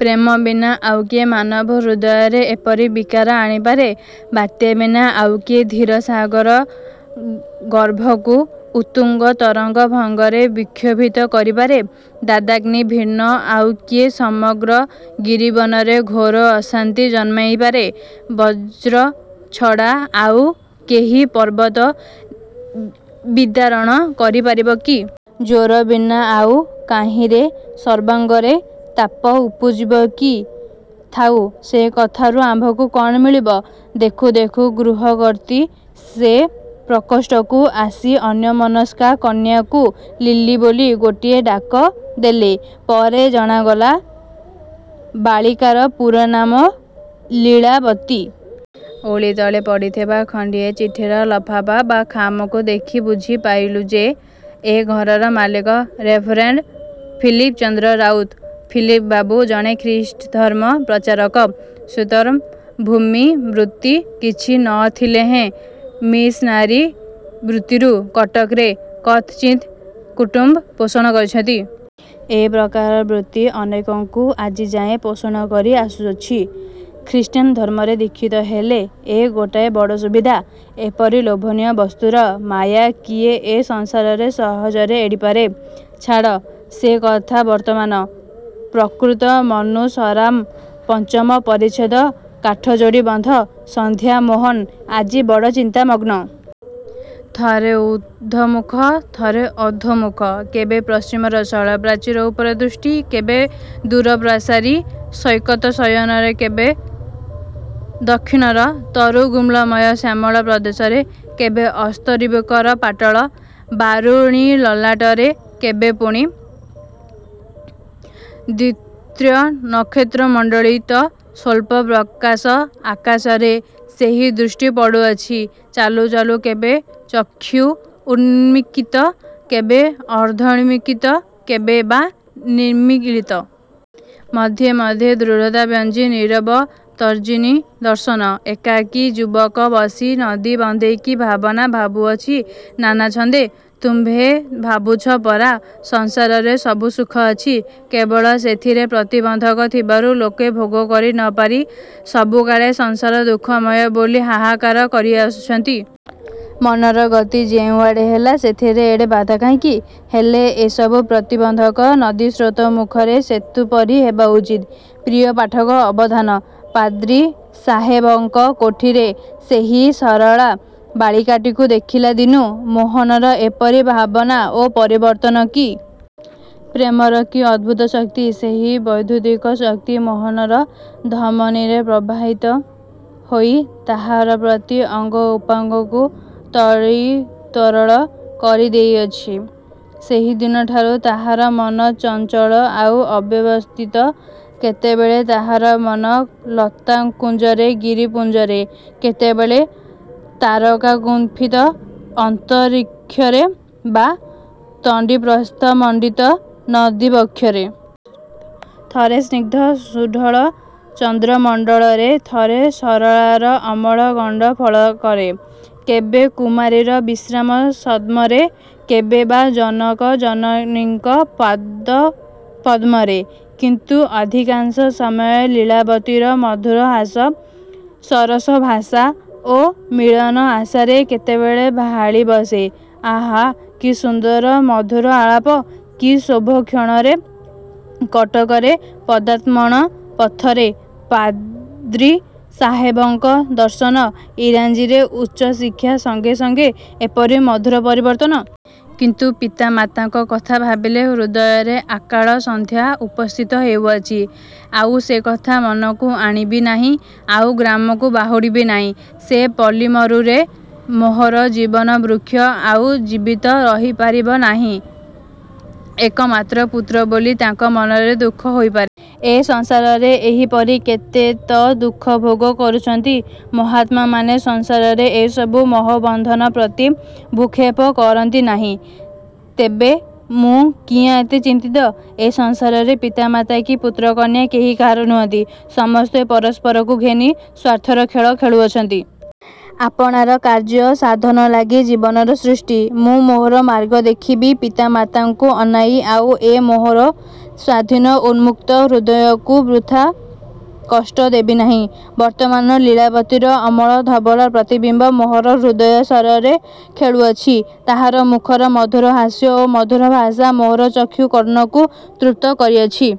ପ୍ରେମ ବିନା ଆଉ କିଏ ମାନବହୃଦୟରେ ଏପରି ବିକାର ଆଣି ପାରେ? ବାତ୍ୟା ବିନା ଆଉ କିଏ ଧୀର ସାଗର ଗର୍ଭକୁ ଉତ୍ତୁଙ୍ଗତରଙ୍ଗଭଙ୍ଗରେ ବିକ୍ଷୋଭିତ କରି ପାରେ? ଦାବାଗ୍ନି ଭିନ୍ନ ଆଉ କିଏ ସମଗ୍ର ଗିରିବନରେ ଘୋର ଅଶାନ୍ତି ଜନ୍ମାଇ ପାରେ? ବଜ୍ର ଛଡ଼ା ଆଉ କେହି ପର୍ବତ ବିଦାରଣ କରି ପାରିବ କି? ଜ୍ୱର ବିନା ଆଉ କାହିଁରେ ସର୍ବାଙ୍ଗରେ ତାପ ଉପୁଜିବ କି? ଥାଉ, ସେ କଥାରୁ ଆମ୍ଭଙ୍କୁ କଣ ମିଳିବ? ଦେଖୁ ଦେଖୁ ଗୃହକର୍ତ୍ତ୍ରୀ ସେ ପ୍ରକୋଷ୍ଠକୁ ଆସି ଅନ୍ୟମନସ୍କା କନ୍ୟାକୁ 'ଲିଲି' ବୋଲି ଗୋଟିଏ ଡାକ ଦେଲେ। ପରେ ଜଣାଗଲା, ବାଳିକାର ପୂରା ନାମ 'ଲୀଳାବତୀ'। ଓଳିତଳେ ପଡ଼ିଥିବା ଖଣ୍ଡିଏ ଚିଠିର ଲଫାପା ବା ଖାମକୁ ଦେଖି ବୁଝି ପାରିଲୁଁ ଯେ, ଏ ଘରର ମାଲିକ ରେଭରେଣ୍ଡ ଫିଲିପଚନ୍ଦ୍ର ରାଉତ। ଫିଲପ ବାବୁ ଜଣେ ଖ୍ରୀଷ୍ଟଧର୍ମ ପ୍ରଚାରକ। ସୁତରାଂ ଭୂମିବୃତ୍ତି କିଛି ନ ଥିଲେହେଁ ମିଶନାରୀ ବୃତ୍ତିରୁ କଟକରେ କଥଞ୍ଚିତ୍ କୁଟୁମ୍ୱ ପୋଷଣ କରନ୍ତି। ଏପ୍ରକାର ବୃତ୍ତି ଅନେକଙ୍କୁ ଆଜିଯାଏ ପୋଷଣ କରି ଆସୁଅଛି। ଖ୍ରୀଷ୍ଟାନଧର୍ମରେ ଦୀକ୍ଷିତ ହେଲେ ଏ ଗୋଟାଏ ବଡ଼ ସୁବିଧା! ଏପରି ଲୋଭନୀୟ ବସ୍ତୁର ମାୟା କିଏ ଏ ସଂସାରରେ ସହଜରେ ଏଡ଼ିପାରେ? ଛାଡ଼ ସେ କଥା ବର୍ତ୍ତମାନ 'ପ୍ରକୃତମନୁସରାମଃ'। ପଞ୍ଚମ ପରିଚ୍ଛେଦ କାଠଯୋଡ଼ୀବନ୍ଧ ସନ୍ଧ୍ୟା ମୋହନ ଆଜି ବଡ଼ ଚିନ୍ତାମଗ୍ନ। ଥରେ ଉର୍ଦ୍ଧ୍ୱମୁଖ, ଥରେ ଅଧୋମୁଖ। କେବେ ପଶ୍ଚିମର ଶୈଳପ୍ରାଚୀର ଉପରେ ଦୃଷ୍ଟି -କେବେ ଦୂରପ୍ରସାରି-ସୈକତଶୟନରେ କେବେ ଦକ୍ଷିଣର ତରୁଗୁଳ୍ମମୟ ଶ୍ୟାମଳ ପ୍ରଦେଶରେ କେବେ ଅସ୍ତରବିକରପାଟଳ ବାରୁଣୀଲଲାଟରେ କେବେ ପୁଣି ଦ୍ୱିତ୍ରନକ୍ଷତ୍ରମଣ୍ଡିତ ସ୍ୱଳ୍ପ ପ୍ରକାଶ ଆକାଶରେ ସେହି ଦୃଷ୍ଟି ପଡୁଅଛି। ଚାଲୁ ଚାଲୁ କେବେ ଚକ୍ଷୁ ଉନ୍ମୀଳିତ କେବେ ଅର୍ଦ୍ଧମୀଳିତ କେବେ ବା ନିମୀଳିତ। ମଧ୍ୟେ ମଧ୍ୟେ ଦୃଢ଼ତାବ୍ୟଞ୍ଜୀ ନୀରବ ତର୍ଜନୀ ଦର୍ଶନ! ଏକାକୀ ଯୁବକ ବସି ନଦୀ ବନ୍ଧେ କି ଭାବନା ଭାବୁଅଛି ନାନାଛନ୍ଦେ! ତୁମ୍ଭେ ଭାବୁଛ ପରା ସଂସାରରେ ସବୁ ସୁଖ ଅଛି। କେବଳ ସେଥିରେ ପ୍ରତିବନ୍ଧକ ଥିବାରୁ ଲୋକେ ଭୋଗ କରି ନ ପାରି ସବୁକାଳେ 'ସଂସାର ଦୁଃଖମୟ' ବୋଲି ହାହାକାର କରିଆସୁଅଛନ୍ତି। ମନର ଗତି ଯେଉଁଆଡ଼େ ହେଲା, ସେଥିରେ ଏଡ଼େ ବାଧା କାହିଁକି? ହେଲେ ଏସବୁ ପ୍ରତିବନ୍ଧକ ନଦୀସ୍ରୋତମୁଖରେ ସେତୁ ପରି ହେବା ଉଚିତ। ପ୍ରିୟ ପାଠକ ଅବଧାନ! ପାଦ୍ରି ସାହେବଙ୍କ କୋଠିରେ ସେହି ସରଳା ବାଳିକାଟିକୁ ଦେଖିଲା ଦିନୁ ମୋହନର ଏପରି ଭାବନା ଓ ପରିବର୍ତ୍ତନ କି? ପ୍ରେମର କି ଅଦ୍ଭୁତ ଶକ୍ତି! ସେହି ବୈଦ୍ୟୁତିକ ଶକ୍ତି ମୋହନର ଧମନୀରେ ପ୍ରବାହିତ ହୋଇ ତାହାର ପ୍ରତି ଅଙ୍ଗ ଉପାଙ୍ଗକୁ ତଡ଼ିତ୍ତରଳ କରିଦେଉଅଛି। ସେହିଦିନଠାରୁ ତାହାର ମନ ଚଞ୍ଚଳ ଆଉ ଅବ୍ୟବସ୍ଥିତ। କେତେବେଳେ ତାହାର ମନ ଲତାକୁଞ୍ଜରେ-ଗିରିପୁଞ୍ଜରେ, କେତେବେଳେ ତାରକାଗୁମ୍ପିତ ଅନ୍ତରୀକ୍ଷରେ ବା ତଣ୍ଡିପ୍ରସ୍ଥମଣ୍ଡିତ ନଦୀବକ୍ଷରେ। ଥରେ ସ୍ନିଗ୍ଧ ସୁଢଳ ଚନ୍ଦ୍ରମଣ୍ଡଳରେ ଥରେ ସରଳାର ଅମଳଗଣ୍ଡଫଳକରେ। କେବେ କୁମାରୀର ବିଶ୍ରାମସଦ୍ମରେ, କେବେ ବା ଜନକ-ଜନନୀଙ୍କ ପାଦପଦ୍ମରେ। କିନ୍ତୁ ଅଧିକାଂଶ ସମୟ ଲୀଳାବତୀର ମଧୁର ହାସ, ସରସଭାଷା ଓ ମିଳନ ଆଶାରେ। କେତେବେଳେ ଭାଳି ବସେ, ''ଆହା! କି ସୁନ୍ଦର ମଧୁର ଆଳାପ! କି ଶୁଭକ୍ଷଣରେ କଟକରେ ପଦାର୍ପଣ-ପଥରେ ପାଦ୍ରୀ ସାହେବଙ୍କ ଦର୍ଶନ ଇଂରାଜୀରେ ଉଚ୍ଚ ଶିକ୍ଷା ସଙ୍ଗେ ସଙ୍ଗେ ଏପରି ମଧୁର ପରିବର୍ତ୍ତନ। କିନ୍ତୁ ପିତା ମାତାଙ୍କ କଥା ଭାବିଲେ ହୃଦୟରେ ଅକାଳ ସନ୍ଧ୍ୟା ଉପସ୍ଥିତ ହେଉଅଛି! ଆଉ ସେ କଥା ମନକୁ ଆଣିବି ନାହିଁ ଆଉ ଗ୍ରାମକୁ ବାହୁଡ଼ିବି ନାହିଁ। ସେ ପଲ୍ଲୀମରୁରେ ମୋହର ଜୀବନବୃକ୍ଷ ଆଉ ଜୀବିତ ରହିପାରିବ ନାହିଁ। ଏକମାତ୍ର ପୁତ୍ର ବୋଲି ତାଙ୍କ ମନରେ ଦୁଃଖ ହୋଇପାରେ। ଏ ସଂସାରରେ ଏହିପରି କେତେ ତ ଦୁଃଖ ଭୋଗ କରୁଛନ୍ତି। ମହାତ୍ମାମାନେ ସଂସାରରେ ଏ ସବୁ ମୋହବନ୍ଧନ ପ୍ରତି ଭ୍ରୂକ୍ଷେପ କରନ୍ତି ନାହିଁ। ତେବେ ମୁଁ କିଆଁ ଏତେ ଚିନ୍ତିତ? ଏ ସଂସାରରେ ପିତାମାତା କି ପୁତ୍ରକନ୍ୟା କେହି କାହାରି ନୁହଁନ୍ତି। ସମସ୍ତେ ପରସ୍ପରକୁ ଘେନି ସ୍ୱାର୍ଥର ଖେଳ ଖେଳୁଅଛନ୍ତି। ଆପଣାର କାର୍ଯ୍ୟ ସାଧନଲାଗି ଜୀବର ସୃଷ୍ଟି। ମୁଁ ମୋହର ମାର୍ଗ ଦେଖିବି! ପିତା ମାତାଙ୍କୁ ଅନାଇ ଆଉ ଏ ମୋହର ସ୍ୱାଧୀନ ଉନ୍ମୁକ୍ତ ହୃଦୟକୁ ବୃଥା କଷ୍ଟ ଦେବି ନାହିଁ। ବର୍ତ୍ତମାନ ଲୀଳାବତୀର ଅମଳ ଧବଳ ପ୍ରତିବିମ୍ୱ ମୋହର ହୃଦୟ-ସରରେ ଖେଳୁଅଛି। ତାହାର ମୁଖର ମଧୁର ହାସ୍ୟ ଓ ମଧୁର ଭାଷା ମୋହର ଚକ୍ଷୁ କର୍ଣ୍ଣକୁ ତୃପ୍ତ କରିଅଛି।